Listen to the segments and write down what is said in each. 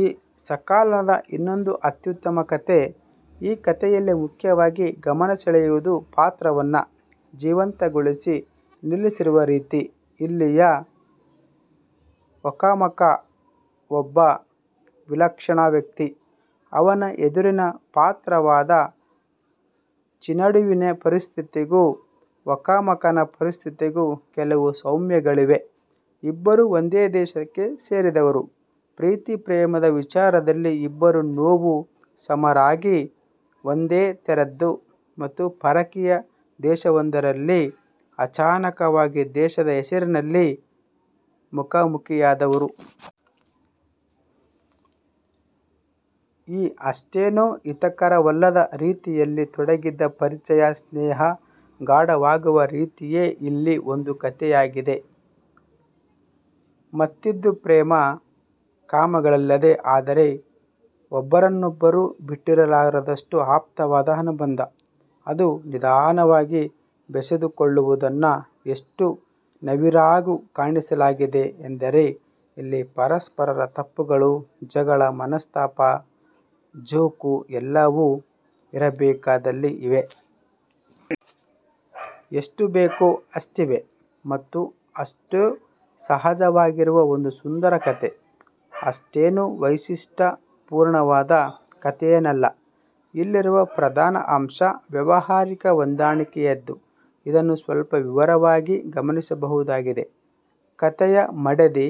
ಈ ಸಂಕಲನದ ಇನ್ನೊಂದು ಅತ್ಯುತ್ತಮ ಕತೆ. ಈ ಕತೆಯಲ್ಲಿ ಮುಖ್ಯವಾಗಿ ಗಮನ ಸೆಳೆಯುವುದು ಪಾತ್ರವನ್ನು ಜೀವಂತಗೊಳಿಸಿ ನಿಲ್ಲಿಸಿರುವ ರೀತಿ. ಇಲ್ಲಿನ ಒಕಾಮಕ ಒಬ್ಬ ವಿಲಕ್ಷಣ ವ್ಯಕ್ತಿ. ಅವನ ಎದುರಿನ ಪಾತ್ರವಾದ ಚಿನೇಡುವಿನ ಪರಿಸ್ಥಿತಿಗೂ ಒಕಾಮಕನ ಪರಿಸ್ಥಿತಿಗೂ ಕೆಲವು ಸಾಮ್ಯಗಳಿವೆ. ಇಬ್ಬರೂ ಒಂದೇ ದೇಶಕ್ಕೆ ಸೇರಿದವರು, ಪ್ರೀತಿ ಪ್ರೇಮದ ವಿಚಾರದಲ್ಲಿ ಇಬ್ಬರ ನೋವೂ ಸುಮಾರಾಗಿ ಒಂದೇ ತೆರದ್ದು ಮತ್ತು ಪರಕೀಯ ದೇಶವೊಂದರಲ್ಲಿ ಅಚಾನಕವಾಗಿ ದೇಶದ ಹೆಸರಿನಲ್ಲೇ ಮುಖಾಮುಖಿಯಾದವರು. ಈ ಅಷ್ಟೇನೂ ಹಿತಕರವಲ್ಲದ ರೀತಿಯಲ್ಲಿ ತೊಡಗಿದ ಪರಿಚಯ-ಸ್ನೇಹ ಗಾಢವಾಗುವ ರೀತಿಯೇ ಇಲ್ಲಿ ಒಂದು ಕತೆಯಾಗಿದೆ. ಮತ್ತಿದು ಪ್ರೇಮ-ಕಾಮಗಳಿಲ್ಲದ ಆದರೆ ಒಬ್ಬರನ್ನೊಬ್ಬರು ಬಿಟ್ಟಿರಲಾರದಷ್ಟು ಆಪ್ತವಾದ ಅನುಬಂಧ. ಅದು ನಿಧಾನವಾಗಿ ಬೆಸೆದುಕೊಳ್ಳುವುದನ್ನು ಎಷ್ಟು ನವಿರಾಗಿ ಕಾಣಿಸಲಾಗಿದೆ ಎಂದರೆ ಇಲ್ಲಿ ಪರಸ್ಪರರ ತಪ್ಪುಗಳು, ಜಗಳ, ಮನಸ್ತಾಪ, ಜೋಕು ಎಲ್ಲವೂ ಇರಬೇಕಾದಲ್ಲಿ ಇವೆ. ಎಷ್ಟು ಬೇಕೊ ಅಷ್ಟಿವೆ ಮತ್ತು ಅಷ್ಟೂ ಸಹಜವಾಗಿರುವ ಒಂದು ಸುಂದರ ಕತೆ. ಅಷ್ಟೇನೂ ವೈಶಿಷ್ಟ್ಯಪೂರ್ಣವಾದ ಕತೆಯೇನಲ್ಲ. ಇಲ್ಲಿರುವ ಪ್ರಧಾನ ಅಂಶ ವ್ಯಾವಹಾರಿಕ ಹೊಂದಾಣಿಕೆಯದು. ಇದನ್ನು ಸ್ವಲ್ಪ ವಿವರವಾಗಿ ಗಮನಿಸಬಹುದಾಗಿದೆ. ಕತೆಯ ಮಡದಿ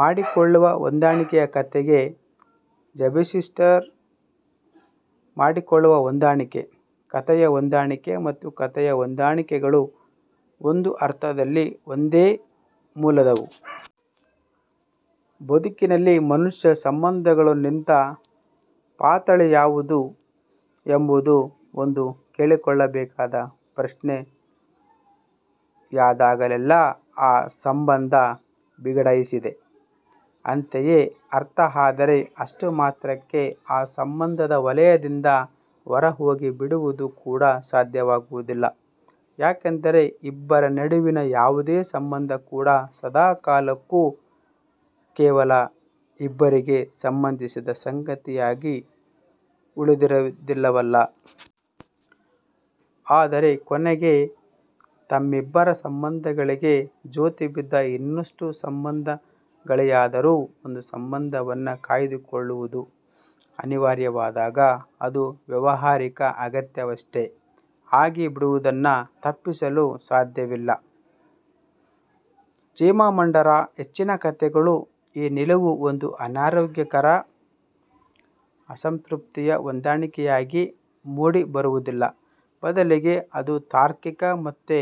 ಮಾಡಿಕೊಳ್ಳುವ ಹೊಂದಾಣಿಕೆ ಕತೆಯ ಬೇಬಿಸಿಟ್ಟರ್ ಮಾಡಿಕೊಳ್ಳುವ ಹೊಂದಾಣಿಕೆ. ಕತೆಯ ಹೊಂದಾಣಿಕೆ ಮತ್ತು ಕತೆಯ ಹೊಂದಾಣಿಕೆಗಳು ಒಂದು ಅರ್ಥದಲ್ಲಿ ಒಂದೇ ಮೂಲದವು. ಬದುಕಿನಲ್ಲಿ ಮನುಷ್ಯ ಸಂಬಂಧಗಳು ನಿಂತ ಪಾತಳಿ ಯಾವುದು ಎಂಬುದು ಒಂದು ಕೇಳಿಕೊಳ್ಳಬೇಕಾದ ಪ್ರಶ್ನೆಯಾದಾಗಲೆಲ್ಲ ಆ ಸಂಬಂಧ ಬಿಗಡಾಯಿಸಿದೆ ಅಂತಲೇ ಅರ್ಥ. ಆದರೆ ಅಷ್ಟು ಮಾತ್ರಕ್ಕೆ ಆ ಸಂಬಂಧದ ವಲಯದಿಂದ ಹೊರಹೋಗಿ ಬಿಡುವುದು ಕೂಡ ಸಾಧ್ಯವಾಗುವುದಿಲ್ಲ. ಯಾಕೆಂದರೆ ಇಬ್ಬರ ನಡುವಿನ ಯಾವುದೇ ಸಂಬಂಧ ಕೂಡ ಸದಾ ಕಾಲಕ್ಕೂ ಕೇವಲ ಇಬ್ಬರಿಗೇ ಸಂಬಂಧಿಸಿದ ಸಂಗತಿಯಾಗಿ ಉಳಿದಿರುವುದಿಲ್ಲವಲ್ಲ. ಆದರೆ ಕೊನೆಗೆ ತಮ್ಮಿಬ್ಬರ ಸಂಬಂಧಗಳಿಗೆ ಜೋತುಬಿದ್ದ ಇನ್ನಷ್ಟು ಸಂಬಂಧಗಳಿಗಾಗಿಯಾದರೂ ಒಂದು ಸಂಬಂಧವನ್ನು ಕಾಯ್ದುಕೊಳ್ಳುವುದು ಅನಿವಾರ್ಯವಾದಾಗ ಅದು ವ್ಯಾವಹಾರಿಕ ಅಗತ್ಯವಷ್ಟೇ ಆಗಿ ಬಿಡುವುದನ್ನು ತಪ್ಪಿಸಲು ಸಾಧ್ಯವಿಲ್ಲ. ಚಿಮಾಮಾಂಡರ ಹೆಚ್ಚಿನ ಕತೆಗಳ ಈ ನಿಲುವು ಒಂದು ಅನಾರೋಗ್ಯಕರ-ಅಸಂತೃಪ್ತಿಯ ಹೊಂದಾಣಿಕೆಯಾಗಿ ಮೂಡಿ ಬರುವುದಿಲ್ಲ. ಬದಲಿಗೆ ಅದು ತಾರ್ಕಿಕ ಮತ್ತು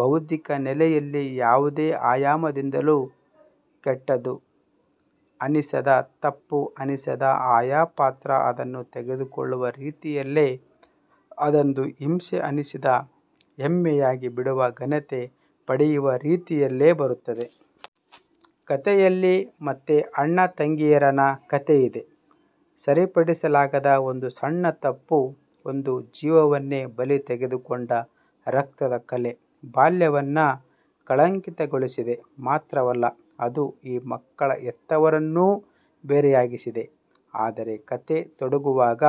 ಬೌದ್ಧಿಕ ನೆಲೆಯಲ್ಲಿ ಯಾವುದೇ ಆಯಾಮದಿಂದಲೂ ಕೆಟ್ಟದು ಅನಿಸದ, ತಪ್ಪು ಅನಿಸದ, ಆಯಾ ಪಾತ್ರ ಅದನ್ನು ತೆಗೆದುಕೊಳ್ಳುವ ರೀತಿಯಲ್ಲೇ ಅದೊಂದು ಹಿಂಸೆ ಅನಿಸದ ಹೆಮ್ಮೆಯಾಗಿ ಬಿಡುವ ಘನತೆ ಪಡೆಯುವ ರೀತಿಯಲ್ಲೇ ಬರುತ್ತದೆ. ಕತೆಯಲ್ಲಿ ಮತ್ತೆ ಅಣ್ಣ-ತಂಗಿಯರ ನ ಕತೆಯಿದೆ. ಸರಿಪಡಿಸಲಾಗದ ಒಂದು ಸಣ್ಣ ತಪ್ಪು ಒಂದು ಜೀವವನ್ನೇ ಬಲಿ ತೆಗೆದುಕೊಂಡ ರಕ್ತದ ಕಲೆ ಬಾಲ್ಯವನ್ನು ಕಳಂಕಿತಗೊಳಿಸಿದೆ. ಮಾತ್ರವಲ್ಲ ಅದು ಈ ಮಕ್ಕಳ ಹೆತ್ತವರನ್ನೂ ಬೇರೆಯಾಗಿಸಿದೆ. ಆದರೆ ಕತೆ ತೊಡಗುವಾಗ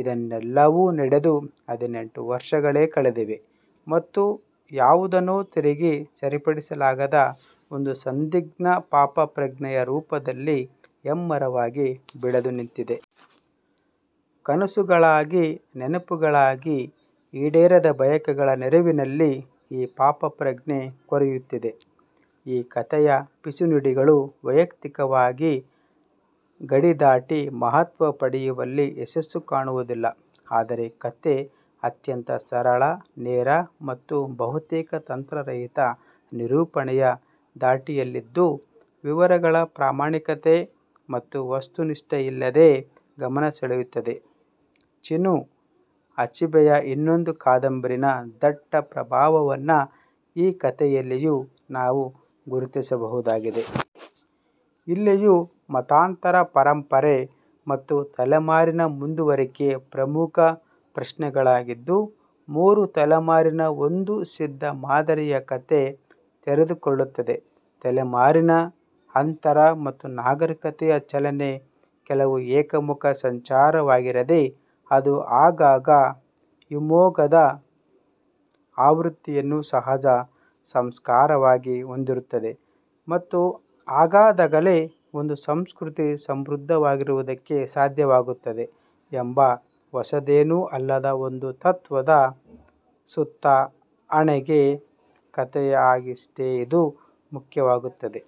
ಇದೆಲ್ಲವೂ ನಡೆದು ಹದಿನೆಂಟು ವರ್ಷಗಳೇ ಕಳೆದಿವೆ ಮತ್ತು ಯಾವುದನ್ನೂ ತಿರುಗಿ ಸರಿಪಡಿಸಲಾಗದ ಒಂದು ಸಂದಿಗ್ಧ ಪಾಪಪ್ರಜ್ಞೆಯ ರೂಪದಲ್ಲಿ ಹೆಮ್ಮರವಾಗಿ ಬೆಳೆದುನಿಂತಿದೆ. ಕನಸುಗಳಾಗಿ, ನೆನಪುಗಳಾಗಿ, ಈಡೇರದ ಬಯಕೆಗಳ ನೆರಳಿನಲ್ಲಿ ಈ ಪಾಪಪ್ರಜ್ಞೆ ಕೊರೆಯುತ್ತಿದೆ. ಈ ಕತೆಯ ಪಿಸುನುಡಿಗಳು ವೈಯಕ್ತಿಕಗಳ ಗಡಿದಾಟಿ ಮಹತ್ವ ಪಡೆಯುವಲ್ಲಿ ಯಶಸ್ಸು ಕಾಣುವುದಿಲ್ಲ. ಆದರೆ, ಕತೆ ಅತ್ಯಂತ ಸರಳ-ನೇರ ಮತ್ತು ಬಹುತೇಕ ತಂತ್ರ ರಹಿತ ನಿರೂಪಣೆಯ ಧಾಟಿಯಲ್ಲಿದ್ದು ವಿವರಗಳ ಪ್ರಾಮಾಣಿಕತೆ ಮತ್ತು ವಸ್ತುನಿಷ್ಠತೆಯಿಂದಲೇ ಗಮನಸೆಳೆಯುತ್ತದೆ. ಚಿನು ಅಚೀಬೆಯ ಇನ್ನೊಂದು ಕಾದಂಬರಿ ನ ದಟ್ಟ ಪ್ರಭಾವವನ್ನು ಈ ಕತೆಯಲ್ಲಿಯೂ ನಾವು ಗುರುತಿಸಬಹುದಾಗಿದೆ. ಇಲ್ಲಿಯೂ ಮತಾಂತರ, ಪರಂಪರೆ ಮತ್ತು ತಲೆಮಾರಿನ ಮುಂದುವರಿಕೆ ಪ್ರಮುಖ ಪ್ರಶ್ನೆಗಳಾಗಿದ್ದು ಮೂರು ತಲೆಮಾರಿನ ಒಂದು ಸಿದ್ಧ ಮಾದರಿಯ ಕತೆ ತೆರೆದುಕೊಳ್ಳುತ್ತದೆ. ತಲೆಮಾರಿನ ಅಂತರ ಮತ್ತು ನಾಗರೀಕತೆಯ ಚಲನೆ ಕೇವಲ ಏಕಮುಖ ಸಂಚಾರವಾಗಿರದೆ ಅದು ಆಗಾಗ ಹಿಮ್ಮೊಗದ ಆವೃತ್ತಿಯನ್ನೂ ಸಹಜ ಸಂಸ್ಕಾರವಾಗಿ ಹೊಂದಿರುತ್ತದೆ ಮತ್ತು ಹಾಗಾದಾಗಲೇ ಒಂದು ಸಂಸ್ಕೃತಿ ಸಮೃದ್ಧವಾಗಿರುವುದಕ್ಕೆ ಸಾಧ್ಯವಾಗುತ್ತದೆ ಎಂಬ ಹೊಸದೇನೂ ಅಲ್ಲದ ಒಂದು ತತ್ವದ ಸುತ್ತ ಹೆಣೆದ ಕತೆಯಾಗಿಯಷ್ಟೇ ಇದು ಮುಖ್ಯವಾಗುತ್ತದೆ.